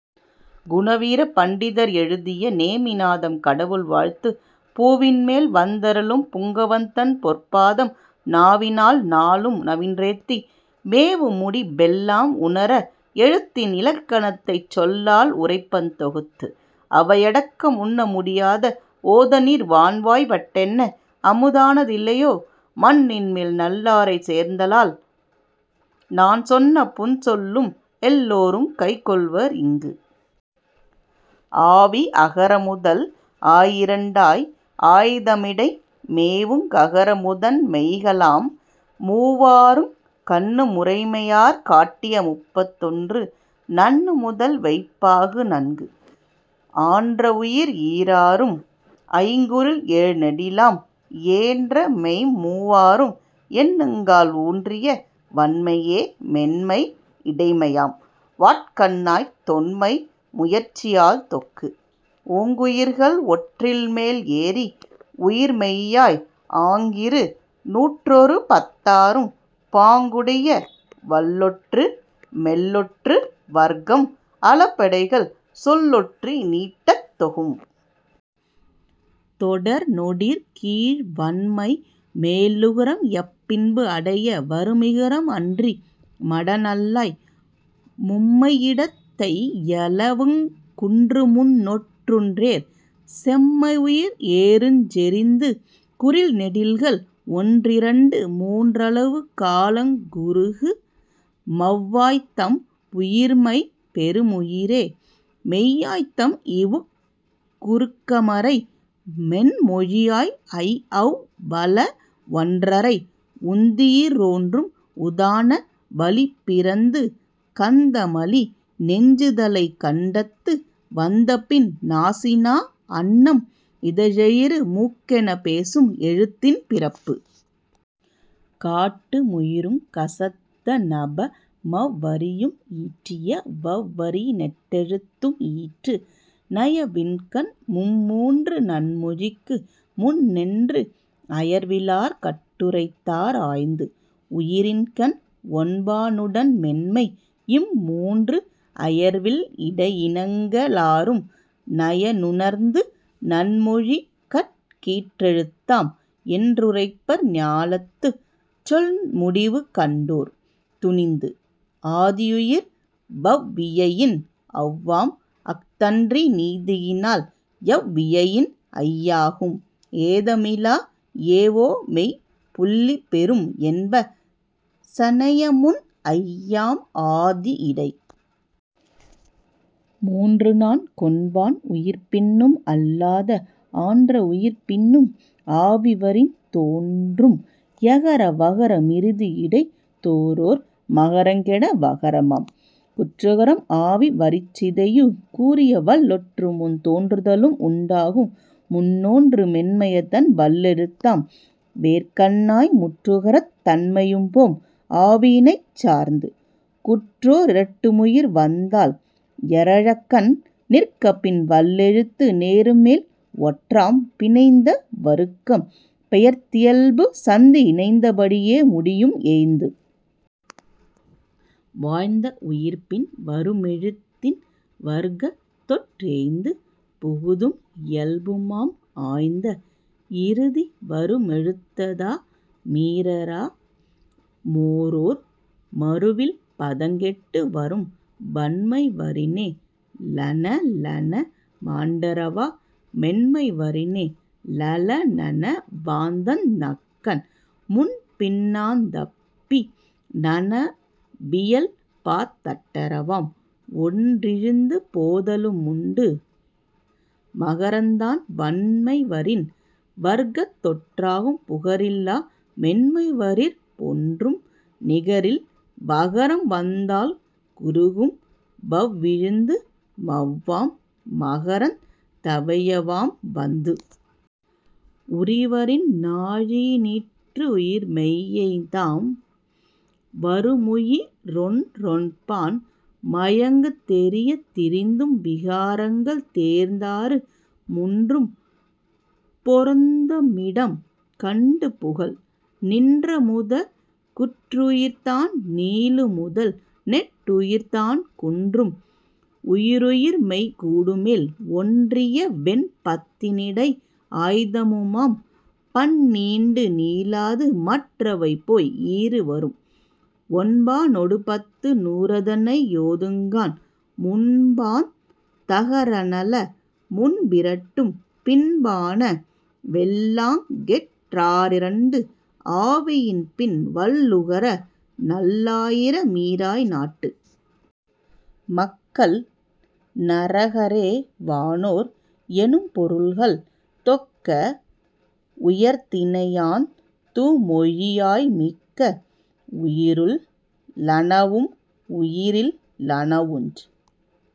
குணவீர பண்டிதர் எழுதிய நேமிநாதம் கடவுள் வாழ்த்து பூவின்மேல் வந்தருளும் புங்கவன்தன் பொற்பாதம் நாவினால் நாளும் நவின்றேத்தி மேவுமுடி பெல்லாம் உணர எழுத்தின் இலக்கணத்தைச் சொல்லால் உரைப்பன் தொகுத்து. அவையடக்கம் உண்ண முடியாத வோதநீர் வான்வாய்ப்பட் டெண்ண அமுதான தில்லையோ மண்ணின்மேல் நல்லாரைச் சேர்ந்தலால் நான்சொன்ன புன்சொல்லும் எல்லோரும் கைகொள்வர் இங்கு. ஆவி அகரமுதல் ஆயிரண்டாய் ஆய்தமிடை மேவுங் ககரமுதன் மெய்களாம் மூவாறுங் கண்ணு முறைமையாற் காட்டியமுப் பத்தொன்று நண்ணுமுதல் வைப்பாகு நன்கு. ஆன்றவுயிர் ஈராறும் ஐங்குறில் ஏழ்நெடிலாம் ஏன்றமெய்ம் மூவாறும் எண்ணுங்கால் ஊன்றிய வன்மையே மென்மை யிடைமையாம் வாட்கண்ணாய் தொன்மை முயற்சியால் தொக்கு. ஓங்குயிர்கள் ஒற்றில்மேல் ஏறி உயிர்மெய்யாய் ஆங்கிரு நூற்றொருபத் தாறாம் பாங்குடைய வல்லொற்று மெல்லொற்று வர்க்கம் அளபெடைகள் சொல்லொற்றி நீட்டத் தொகும். தொடர்நொடிற் கீழ்வன்மை மேலுகரம் யப்பின்பு அடைய வருமிகரம் அன்றி மடநல்லாய் மும்மையிடத் தையௌவுங் குன்றுமுன் னொற்றுண்டேற் செம்மையுயிர் ஏறுஞ் செறிந்து குறில்நெடில்கள் ஒன்றிரண்டு மூன்றளவு காலங் குறுகுமவ் வாய்தம் உயிர்மெய் பெறுமுயிரே மெய்யாய்தம் இஉக் குறுக்கமரை மென்மொழியாய் ஐஔ வளவொன் றரை. உந்தியிற் றோன்றும் உதான வளிப்பிறந்து கந்தமலி நெஞ்சுதலை கண்டத்து வந்தபின் நாசிநா அண்ணம் இதழெயிறு மூக்கெனப் பேசும் எழுத்தின் பிறப்பு. காட்டு முயிருங் கசதநப மவ்வரியும் ஈட்டிய வவ்வரி னெட்டெழுத்தும் ஈட்டு நயவின்கண் மும்மூன்று நன்மொழிக்கு முன்னென்று அயர்விலார் கட்டுரைத்தார் ஆய்ந்து. உயிரின்கண் ஒன்பா னுடன்மென்மை இம்மூன்று அயர்வில் இடையினங்க ளாறும் நயனுணர்ந்து நன்மொழிகட் கீற்றெழுத்தாம் என்றுரைப்பர் ஞாலத்துச் சொன்முடிவு கண்டோர் துணிந்து. ஆதியுயிர் வவ்வியையின் ஔவாம் அஃதன்றி நீதியினால் யவ்வியையின் ஐயாகும் ஏதமிலா எஒமெய் புள்ளிபெரும் என்ப சனயமுன் ஐயாம் ஆதி யிடை. மூன்றுநான் கொன்பான் உயிர்ப்பின்னும் அல்லாத ஆன்ற வுயிர்ப்பின்னும் ஆவிவரி தோன்றும் யகர வகர மிறுதியிடைத் தோரோர் மகரங் கெட வகரமாம். குற்றுகரம் ஆவி வரிற்சிதையு கூறியவல் லொற்றுமுன் தோன்றுதலும் உண்டாகும் முன்னோன்று மென்மையதன் வல்லெழுத்தாம் வேற்கண்ணாய் முற்றுகரத் தன்மையும்போம் ஆவியினைச் சார்ந்து. குற்றொற் றிரட்டுமுயிர் வந்தால் யரழக்கண் நிற்கப்பின் வல்லெழுத்து நேருமேல் ஒற்றாம் பிணைந்த வருக்கம் பெயர்த்தியல்பு சந்தி யிணைந்தபடி யேமுடியும் ஏய்ந்து. வாய்ந்த வுயிர்ப்பின் வருமெழுத்தின் வர்க்கத்தொற் றேய்ந்து புகுதும் இயல்புமாம் ஆய்ந்த இறுதி வருமெழுத்ததா மீறரா மோரோர் மறுவில்பதங் கெட்டு வரும் வன்மை வரினே ளணலன மாண்டறவா மென்மை வரினே ளலணனவாந் தந்நக்கண் முன்பின்னாந் தப்பி னணவியல்பாத் தட்டறவாம் ஒன்றிழிந்து போதலு முண்டு. மகரந்தான் வன்மைவரின் வர்கத்தொற் றாகும் புகரில்லா மென்மைவரிற் பொன்றும் நிகரில் வகரம்வந் தால்குறுகும் வவ்விழிந்து மவ்வாம் மகரந் தவயவாம் வந்து. உரிவரின் நாழி னீற்றுயிர்மெய் யைந்தாம் வருமுயிரொன் றொன்பான் மயங்குந் தெரியத் திரிந்தும் விகாரங்கள் தேர்ந்தாறு முன்றும் பொருந்தமிடம் கண்டு புகல். நின்றமுதற் குற்றுயிர்தான் நீளுமுதல் நெட்டுயிர்தான் குன்றும் உயிருயிர்மெய் கூடுமேல் ஒன்றியவெண் பத்தினிடை ஆய்தமுமாம் பந்நீண்டு நீளாது மற்றவைபோய் ஈறு வரும். ஒன்பா னொடுபத்து நூறதனை யோதுங்கான் முன்பாந் தகரணள முன்பிரட்டும் பின்பான வெல்லாங்கெட் டாறிரண்டு ஆவியின்பின் வல்லுகர நல்லா யிரமீறாய் நாட்டு. மக்கள் நரகரே வானோர் எனும்பொருள்கள் தொக்க வுயர்திணையாந் தூமொழியாய் மிக்க வுயிருள் ளனவும் உயிரில் லனவுஞ்।